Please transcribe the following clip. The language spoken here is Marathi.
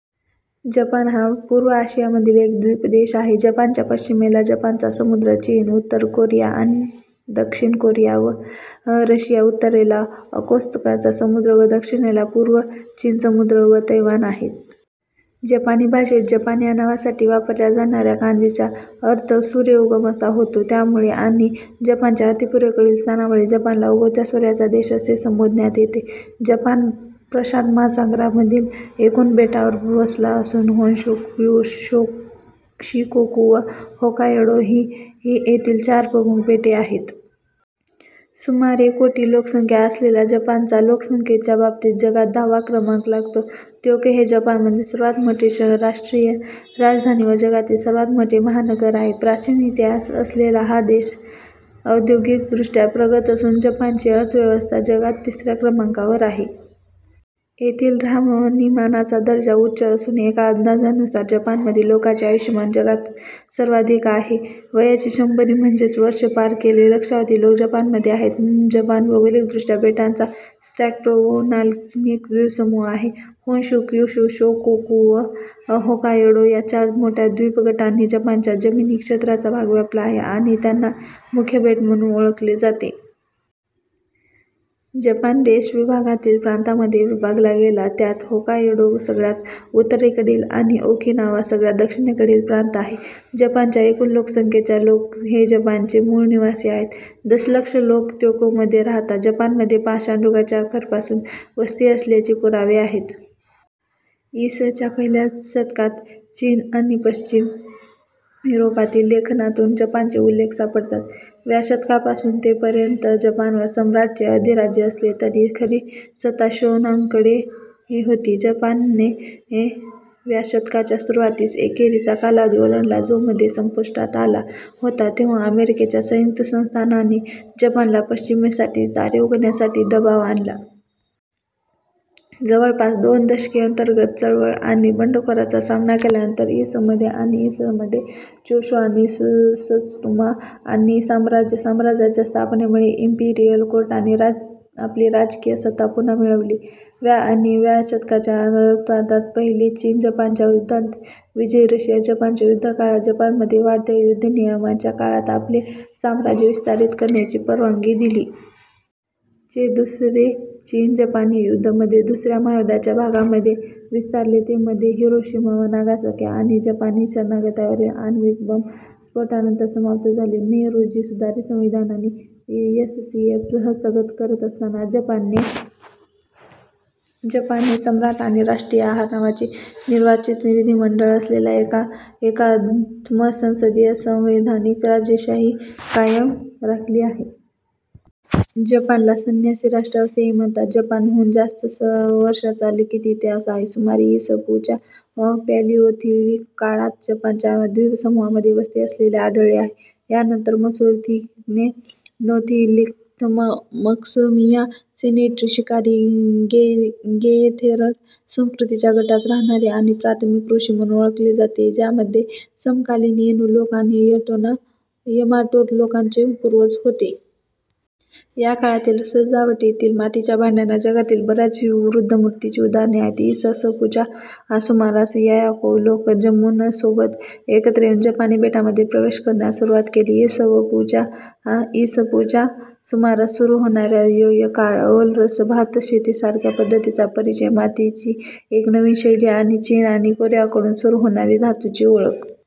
जपान हा पूर्व आशियामधील एक द्वीप-देश आहे. जपानच्या पश्चिमेला जपानचा समुद्र, चीन, उत्तर कोरिया, दक्षिण कोरिया व रशिया, उत्तरेला ओखोत्स्कचा समुद्र व दक्षिणेला पूर्व चीन समुद्र व तैवान आहेत. जपानी भाषेत "जपान" या नावासाठी वापरल्या जाणाऱ्या कांजीचा अर्थ "सूर्य उगम" असा होतो. त्यामुळे आणि जपानच्या अतिपूर्वेकडील स्थानामुळे जपानला उगवत्या सूर्याचा देश असे संबोधण्यात येते. जपान प्रशांत महासागरामधील एकूण बेटांवर वसला असून होन्शू, क्युशू, शिकोकू व होक्कायडो ही येथील चार प्रमुख बेटे आहेत. सुमारे कोटी लोकसंख्या असलेल्या जपानचा लोकसंख्येच्या बाबतीत जगात दहावा क्रमांक लागतो. तोक्यो हे जपानमधील सर्वात मोठे शहर, राष्ट्रीय राजधानी व जगातील सर्वात मोठे महानगर आहे. प्राचीन इतिहास असलेला हा देश औद्योगिकदृष्ट्या प्रगत असून जपानची अर्थव्यवस्था जगात तिसऱ्या क्रमांकावर आहे. येथील राहणीमानाचा दर्जा उच्च असून एका अंदाजानुसार जपानमधील लोकांचे आयुष्यमान जगात सर्वाधिक आहे. वयाची शंभरी म्हणजेच वर्ष पार केलेले लक्षावधी लोकं जपानमध्ये आहेत. जपान भौगोलिकदृष्ट्या बेटांचा स्ट्रॅटोव्होल्कॅनिक द्वीपसमूह आहे. होन्शू, क्युशू, शिकोकू व होक्कायडो या चार मोठ्या द्वीपगटांनी जपानच्या जमीनी क्षेत्राचा भाग व्यापला आहे आणि त्यांना मुख्य बेट म्हणून ओळखले जाते. जपान देश विभागांतील प्रांतांमधे विभागला आहे, ज्यात होक्कायडो सगळ्यात उत्तरेकडील, आणि ओकिनावा सगळ्यात दक्षिणेकडील प्रांत आहे. जपानच्या एकूण लोकसंख्येच्या लोक हे जपानचे मूळ निवासी आहेत. दशलक्ष लोक तोक्योमध्ये राहतात. जपानमध्ये पाषाण युगाच्या अखेरपासून वस्ती असल्याचे पुरावे आहेत. इ. स. च्या पहिल्या शतकात चीन आणि पश्चिम युरोपातील लेखनातून जपानचे उल्लेख सापडतात. व्या शतकापासून ते पर्यंत जपानवर सम्राटाचे अधिराज्य असले तरी खरी सत्ता शोगनांकडे होती. जपानने व्या शतकाच्या सुरुवातीस एकेरीचा कालावधी ओलांडला जो मध्ये संपुष्टात आला होता जेव्हा अमेरिकेच्या संयुक्त संस्थानाने जपानला पश्चिमेसाठी दारे उघडण्यासाठी दबाव आणला. जवळपास दोन दशके अंतर्गत चळवळ आणि बंडखोरांचा सामना केल्यानंतर, इ. स. मध्ये आणि इ. स. मध्ये चोशु आणि सत्सुमा-आणि साम्राज्य साम्राज्याच्या स्थापनेमुळे इम्पीरियल कोर्टाने आपली राजकीय सत्ता पुन्हा मिळवली. व्या आणि व्या शतकाच्या उत्तरार्धात, पहिले चीन -जपानच्या युद्धांत विजय, रशिया-जपानच्या युद्धकाळात जपानमध्ये वाढत्या युद्धनियमांच्या काळात आपले साम्राज्य विस्तारित करण्याची परवानगी दिली. चे दुसरे चीनी-जपानी युद्ध मध्ये दुसऱ्या महायुद्धाच्या भागामध्ये विस्तारले, ते मध्ये हिरोशिमा व नागासाकी आणि जपानी शरणागतीवरील आण्विक बम-विस्फोटानंतर समाप्त झाले. मे रोजी सुधारित संविधानाने एससीएपी हस्तगत करत असताना, जपानने सम्राट आणि राष्ट्रीय आहार नावाची निर्वाचित विधानमंडळ असलेल्या एका एकात्म संसदीय संवैधानिक राजेशाही कायम राखली आहे. जपानला संन्यासीराष्ट्र असेही म्हणतात. जपानला, हून जास्त वर्षांचा लिखित इतिहास आहे. सुमारे इ. स. पू. च्या पॅलियोलिथिक काळात जपानच्या द्वीपसमूहांमध्ये वस्ती असलेले आढळलेआहे. यानंतर मेसोलिथिकने नोलिथिक्समिया-सेसेन्ट्री शिकारी-गेएथेरर संस्कृतीच्या गटात राहणारी आणि प्राथमिक कृषी म्हणून ओळखली जाते, ज्यामध्ये समकालीन एनु लोक आणि यमाटो लोकांचे पूर्वज होते. या काळातील सजावटीतील मातीच्या भांड्यांना जगातील बऱ्याच वृद्ध मूर्तींची उदाहरणे आहेत. इ. स. पू. च्या सुमारास, यायोक लोक जम्मोनसोबत एकत्र येऊन जपानी बेटांमध्ये प्रवेश करण्यास सुरुवात केली. इ. स. पू. च्या सुमारास सुरू होणारा य्योय काळ, ओलसर भातशेतीसारख्या पद्धतींचा परिचय, मातीची एक नवीन शैली आणि चीन आणि कोरियाकडून सुरू होणारी धातूची ओळख.